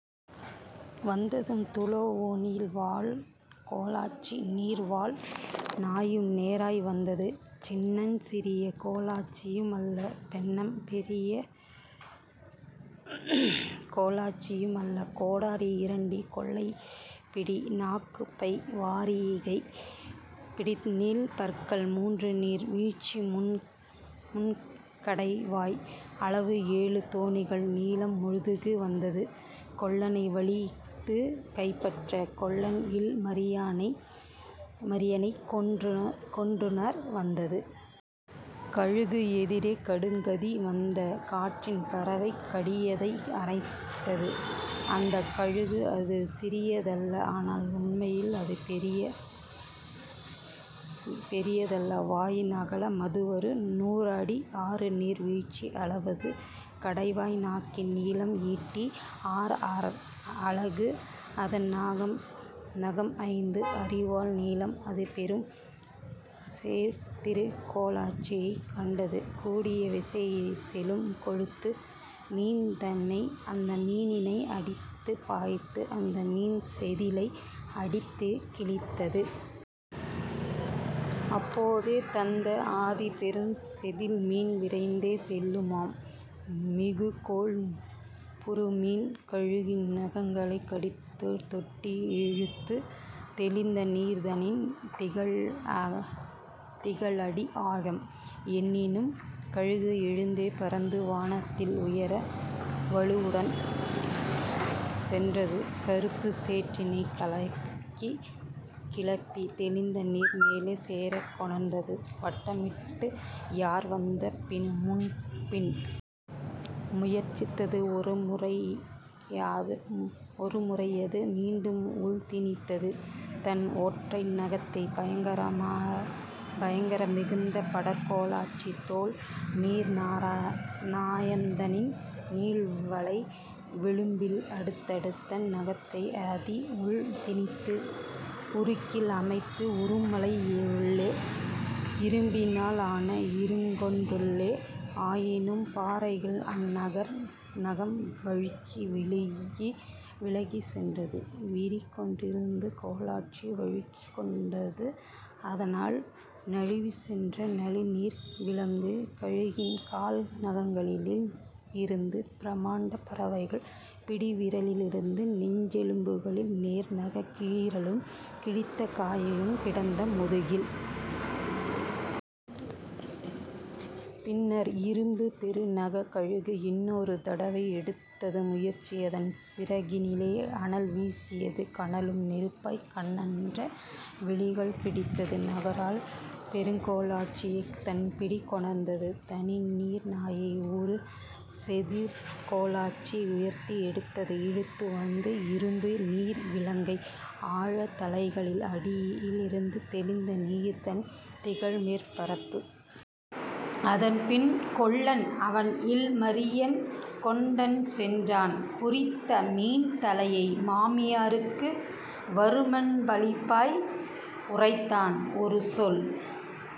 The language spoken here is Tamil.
வந்தது துவோனியின் வலுக்கோலாச்சி நீர்வாழ் நாயும் நேராய் வந்தது சின்னஞ் சிறியகோலாச்சியு மல்ல பென்னம் பெரியகோலாச்சியு மல்ல கோடரி இரண்டு கொள்கைப்பிடி நாக்குப்பை வாரிகைப் பிடிநீள் பற்கள் மூன்றுநீர் வீழ்ச்சிமுன் கடைவாய் அளவு ஏழு தோணிகள் நீளம் முதுகு வந்தது கொல்லனை வலிதுகைப்பற்ற கொல்லன்இல் மரினனைக் கொன்றுண வந்தது. கழுகு எதிரே கடுகதி வந்தது காற்றின் பறவை கடிததை அறைந்தது அந்தக் கழுகு அதுசிறி தல்ல ஆனால் உண்மையில் அதுபெரி தல்ல வாயின் அகல மதுவறு நூறடி ஆறுநீர் வீழ்ச்சி அளவது கடைவாய் நாக்கின் நீளம் ஈட்டிஆ றலகு அதன்நகம் ஐந்து அரிவாள் நீளம்; அதுபெரும் செதிற்கோலாச்சியைக் கண்டது கூடிய விசைசெலும் கொழுத்த மீனதனை அந்தமீனினையே அடித்தது பாய்ந்து அந்தமீன் செதிலை அடித்தே கிழித்தது. அப்போ தந்த அதிபெரும் செதில்மீன் விரைந்தே செல்லுமம் மிகுகொழுப்புறுமீன் கழுகின் நகங்களைக் கடிதுதொட்டிழுத்தது தெளிந்தநீ ரதனின் திகழடி ஆழம் என்னினும் கழுகு எழுந்தே பறந்தது வானதில் உயர வலுவுடன் சென்றது கறுப்புச் சேற்றினைக் கலக்கிக் கிளப்பி தெளிந்தநீர் மேலே சேரக் கொணர்ந்தது. வட்டமிட்டுயர வந்தது முன்பின் முயற்சித்தது ஒருமுறையது மீண்டும் உள்திணித்தது தன்ஒற்றை நகத்தை பயங்கர மிகுந்த படர்கோலாச்சிதோள் நீர்நாயதனின் நீள்வளை வெலும்பில் அடுத்ததன் நகத்தை அதிஉள் திணித்தது உருக்கில் அமைந்த உறும்மலையுள்ளே இரும்பினால் ஆன இருங்குன்றுள்ளே ஆயினும் பாறையில் அந்நகம் வழுக்கி விலகிச் சென்றது விரிகுன்றிருந்து கோலாச்சி வழுவிக் கொண்டது அதனால் நழுவிச் சென்றது நளிர்நீர் விலங்கு கழுகின் கால்நகங்களிலே யிருந்து பிரமண்டப் பறவைப் பிடிவிரலிருந்து நெஞ்செலும்புகளில் நேர்நகக் கீறலும் கிழித்த காயமும் கிடந்தன முதுகில். பின்னர் இரும்புப் பெருநகக்கழுகு இன்னொரு தடவை எடுத்தது முயற்சி அதன்சிறகினிலே அனல்வீசியது கனலும் நெருப்பாய்க் கனன்றன விழிகள் பிடித்தது நகங்களால் பெருங்கோலாச்சியை தன்பிடிக் கொணர்ந்தது தனிநீர் நாயை உறுசெதிர்கோலாச்சி உயர்த்தி எடுத்தது இழுத்து வந்தது இரும்நீர் விலங்கை ஆழத் தலைகளின் அடியிலிருந்து தெளிந்த நீரதன் திகழ்மேற்ப பரப்பு. அதன்பின் கொல்லன் அவன்இல் மரினன் கொண்டே சென்றான் குறித்தமீன் தலையை மாமியாருக்கு வருமன் பளிப்பாய் உரைத்தான் ஒருசொல்